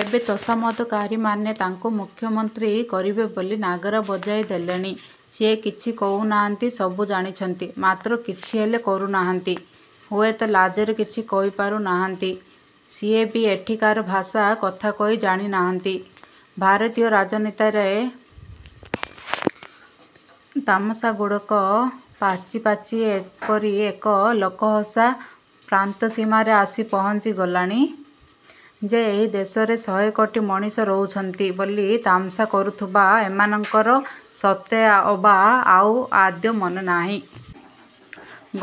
ଏବେ ତୋଷାମଦକାରୀମାନେ ତାଙ୍କୁ ମୁଖ୍ୟମନ୍ତ୍ରୀ କରିବେ ବୋଲି ନାଗରା ବଜାଇ ଦେଲେଣି। ସିଏ କିଛି କହୁନାହାନ୍ତି ସବୁ ଜାଣିଛନ୍ତି ମାତ୍ର କିଛି ହେଲେ କରୁନାହାନ୍ତି ହୁଏତ ଲାଜରେ କିଛି କହିପାରୁ ନାହାନ୍ତି। ସିଏ ବି ଏଠିକାର ଭାଷାରେ କଥାକହି ଜାଣିନାହାନ୍ତି। ଭାରତୀୟ ରାଜନୀତିରେ ତାମସାଗୁଡ଼ାକ ପାଚି ପାଚି ଏପରି ଏକ ଲୋକହସା ପ୍ରାନ୍ତସୀମାରେ ଆସି ପହଞ୍ଚି ଗଲାଣି ଯେ ଏହି ଦେଶରେ ଶହେ କୋଟି ମଣିଷ ରହିଛନ୍ତି ବୋଲି ତାମସା କରୁଥିବା ଏମାନଙ୍କର ସତେ ଅବା ଆଉ ଆଦୌ ମନେନାହିଁ।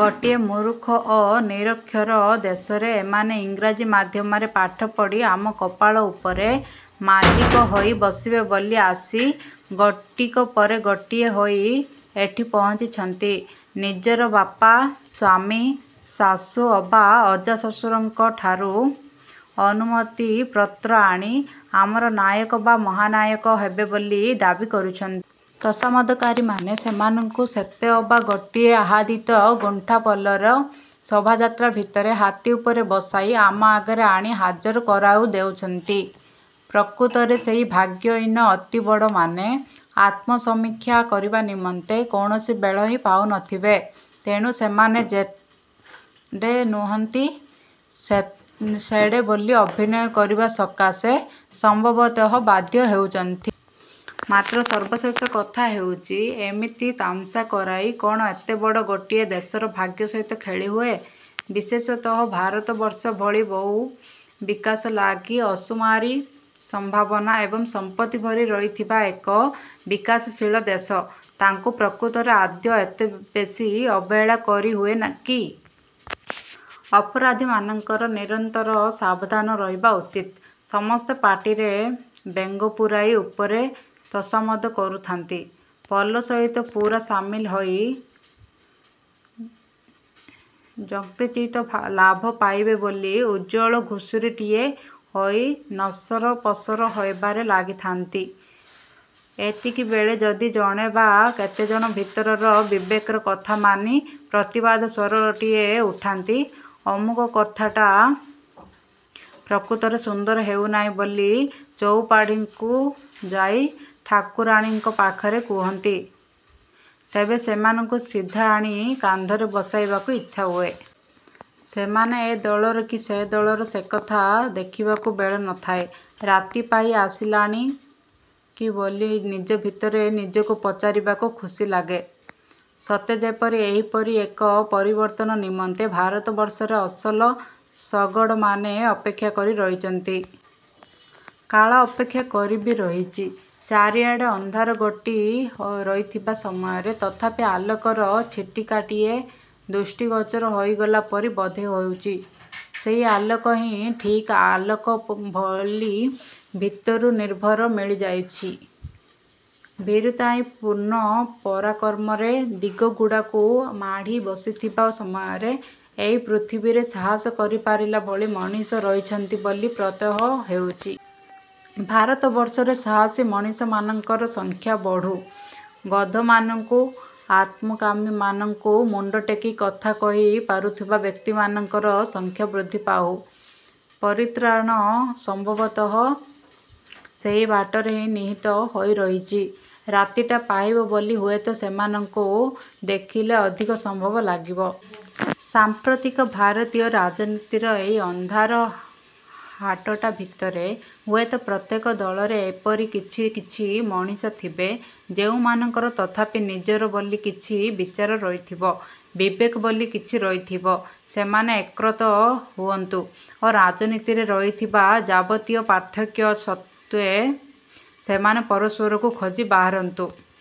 ଗୋଟିଏ ମୂରୁଖ ଓ ନିରକ୍ଷର ଦେଶରେ ଏମାନେ ଇଂରାଜୀ ମାଧ୍ୟମରେ ପାଠ ପଢି ଆମ କପାଳ ଉପରେ ମାଲିକ ହୋଇ ବସିବେ ବୋଲି ଆସି ଗୋଟିକ ପରେ ଗୋଟିଏ ହୋଇ ଏଠି ପହଞ୍ଚିଛନ୍ତି। ନିଜର ବାପା, ସ୍ୱାମୀ, ଶାଶୁ ଅଥବା ଅଜାଶ୍ୱଶୁରଙ୍କଠାରୁ ଅନୁମତିପତ୍ର ଆଣି ଆମର ନାୟକ ବା ମହାନାୟକ ହେବେ ବୋଲି ଦାବି କରୁଛନ୍। ତୋଷାମଦକାରୀମାନେ ସେମାନଙ୍କୁ ସତେଅବା ଗୋଟିଏ ଆହାଦିତ ଗୁଣ୍ଡାପଲର ଶୋଭାଯାତ୍ରା ଭିତରେ ହାତୀ ଉପରେ ବସାଇ ଆମ ଆଗରେ ଆଣି ହାଜର କରାଉ ଦେଉଛନ୍ତି। ପ୍ରକୃତରେ ସେହି ଭାଗ୍ୟହୀନ ଅତିବଡ଼ମାନେ ଆତ୍ମସମୀକ୍ଷା କରିବା ନିମନ୍ତେ କୌଣସି ବେଳ ହିଁ ପାଉନଥିବେ। ତେଣୁ ସେମାନେ ଯେଡ଼େ ନୁହନ୍ତି, ସେ ସେଡ଼େ ବୋଲି ଅଭିନୟ କରିବା ସକାଶେ ସମ୍ଭବତଃ ବାଧ୍ୟ ହେଉଛନ୍ତି। ମାତ୍ର ସର୍ବଶେଷ କଥା ହେଉଛି ଏମିତି ତାମସା କରାଇ କଣ ଏତେବଡ଼ ଗୋଟିଏ ଦେଶର ଭାଗ୍ୟ ସହିତ ଖେଳିହୁଏ? ବିଶେଷତଃ ଭାରତବର୍ଷ ଭଳି ବହୁ ବିକାଶଲାଗି ଅସୁମାରି ସମ୍ଭାବନା ଏବଂ ସମ୍ପତ୍ତି ଭରି ରହିଥିବା ଏକ ବିକାଶଶୀଳ ଦେଶ, ତାକୁ ପ୍ରକୃତରେ ଆଦୌ ଏତେବେଶୀ ଅବହେଳା କରିହୁଏ କି? ଅପରାଧୀମାନଙ୍କର ନିରନ୍ତର ସାବଧାନ ରହିବା ଉଚିତ। ସମସ୍ତେ ପାଟିରେ ବେଙ୍ଗ ପୂରାଇ ଉପରେ ତୋଷାମଦ କରୁଥାନ୍ତି, ପଲ ସହିତ ପୂରା ସାମିଲ ହୋଇ ଯକିଚିତ୍ ଲାଭ ପାଇବେ ବୋଲି ଉଜ୍ଜ୍ୱଳ ଘୁଷୁରିଟିଏ ହୋଇ ନସରପସର ହେବାରେ ଲାଗିଥାନ୍ତି, ଏତିକିବେଳେ ଯଦି ଜଣେ ବା କେତେଜଣ ଭିତରର ବିବେକର କଥାମାନି ପ୍ରତିବାଦର ସ୍ଵରଟିଏ ଉଠାନ୍ତି, ଅମୁକ କଥାଟା ପ୍ରକୃତରେ ସୁନ୍ଦର ହେଉନାହିଁ ବୋଲି ଚଉପାଢ଼ୀକୁ ଯାଇ ଠାକୁରାଣୀଙ୍କ ପାଖରେ କହନ୍ତି, ତେବେ ସେମାନଙ୍କୁ ସିଧାଆଣି କାନ୍ଧରେ ବସାଇବାକୁ ଇଚ୍ଛା ହୁଏ। ସେମାନେ ଏ ଦଳର କି ସେ ଦଳର ସେକଥା ଦେଖିବାକୁ ବେଳ ନଥାଏ। ରାତି ପାହି ଆସିଲାଣି କି ବୋଲି ନିଜ ଭିତରେ ନିଜକୁ ପଚାରିବାକୁ ଖୁସି ଲାଗେ। ସତେ ଯେପରି ଏହିପରି ଏକ ପରିବର୍ତ୍ତନ ନିମନ୍ତେ ଭାରତବର୍ଷରେ ଅସଲ ଶଗଡ଼ମାନେ ଅପେକ୍ଷା କରି ରହିଛନ୍ତି। କାଳ ଅପେକ୍ଷା କରି ବି ରହିଛି। ଚାରିଆଡ଼େ ଅନ୍ଧାର ଘୋଟି ରହିଥିବା ସମୟରେ ତଥାପି ଆଲୋକର ଛିଟିକାଟିଏ ଦୃଷ୍ଟିଗୋଚର ହୋଇଗଲା ପରି ବୋଧ ହେଉଛି। ସେହି ଆଲୋକ ହିଁ ଠିକ୍ ଆଲୋକ ବଲି ଭିତରୁ ନିର୍ଭର ମିଳିଯାଉଛି। ଭୀରୁତାହିଁ ପୂର୍ଣ୍ଣ ପରାକ୍ରମରେ ଦିଗଗୁଡ଼ାକୁ ମାଡ଼ି ବସିଥିବା ସମୟରେ ଏହି ପୃଥିବୀରେ ସାହସ କରିପାରିଲା ଭଳି ମଣିଷ ରହିଛନ୍ତି ବୋଲି ପ୍ରତ୍ୟୟ ହେଉଛି। ଭାରତବର୍ଷରେ ସାହସୀ ମଣିଷମାନଙ୍କର ସଂଖ୍ୟା ବଢୁ । ଗଧମାନଙ୍କୁ, ଆତ୍ମକାମୀମାନଙ୍କୁ ମୁଣ୍ଡ ଟେକି କଥା କହି ପାରୁଥିବା ବ୍ୟକ୍ତିମାନଙ୍କର ସଂଖ୍ୟା ବୃଦ୍ଧି ପାଉ। ପରିତ୍ରାଣ ସମ୍ଭବତଃ ସେହି ବାଟରେ ହିଁ ନିହିତ ହୋଇ ରହିଛି। ରାତିଟା ପାହିବ ବୋଲି ହୁଏତ ସେହିମାନଙ୍କୁ ଦେଖିଲେ ଅଧିକ ସମ୍ଭବ ଲାଗିବ। ସାଂପ୍ରତିକ ଭାରତୀୟ ରାଜନୀତିର ଏହି ଅନ୍ଧାର ହାଟଟା ଭିତରେ ହୁଏତ ପ୍ରତ୍ୟେକ ଦଳରେ ଏପରି କିଛି କିଛି ମଣିଷ ଥିବେ ଯେଉଁମାନଙ୍କର ତଥାପି ନିଜର ବୋଲି କିଛି ବିଚାର ରହିଥିବ, ବିବେକ ବୋଲି କିଛି ରହିଥିବ। ସେମାନେ ଏକ୍ରତ ହୁଅନ୍ତୁ ଓ ରାଜନୀତିରେ ରହିଥିବା ଯାବତୀୟ ପାର୍ଥକ୍ୟ ସତ୍ତ୍ୱେ ସେମାନେ ପରସ୍ପରକୁ ଖୋଜି ବାହାରନ୍ତୁ ।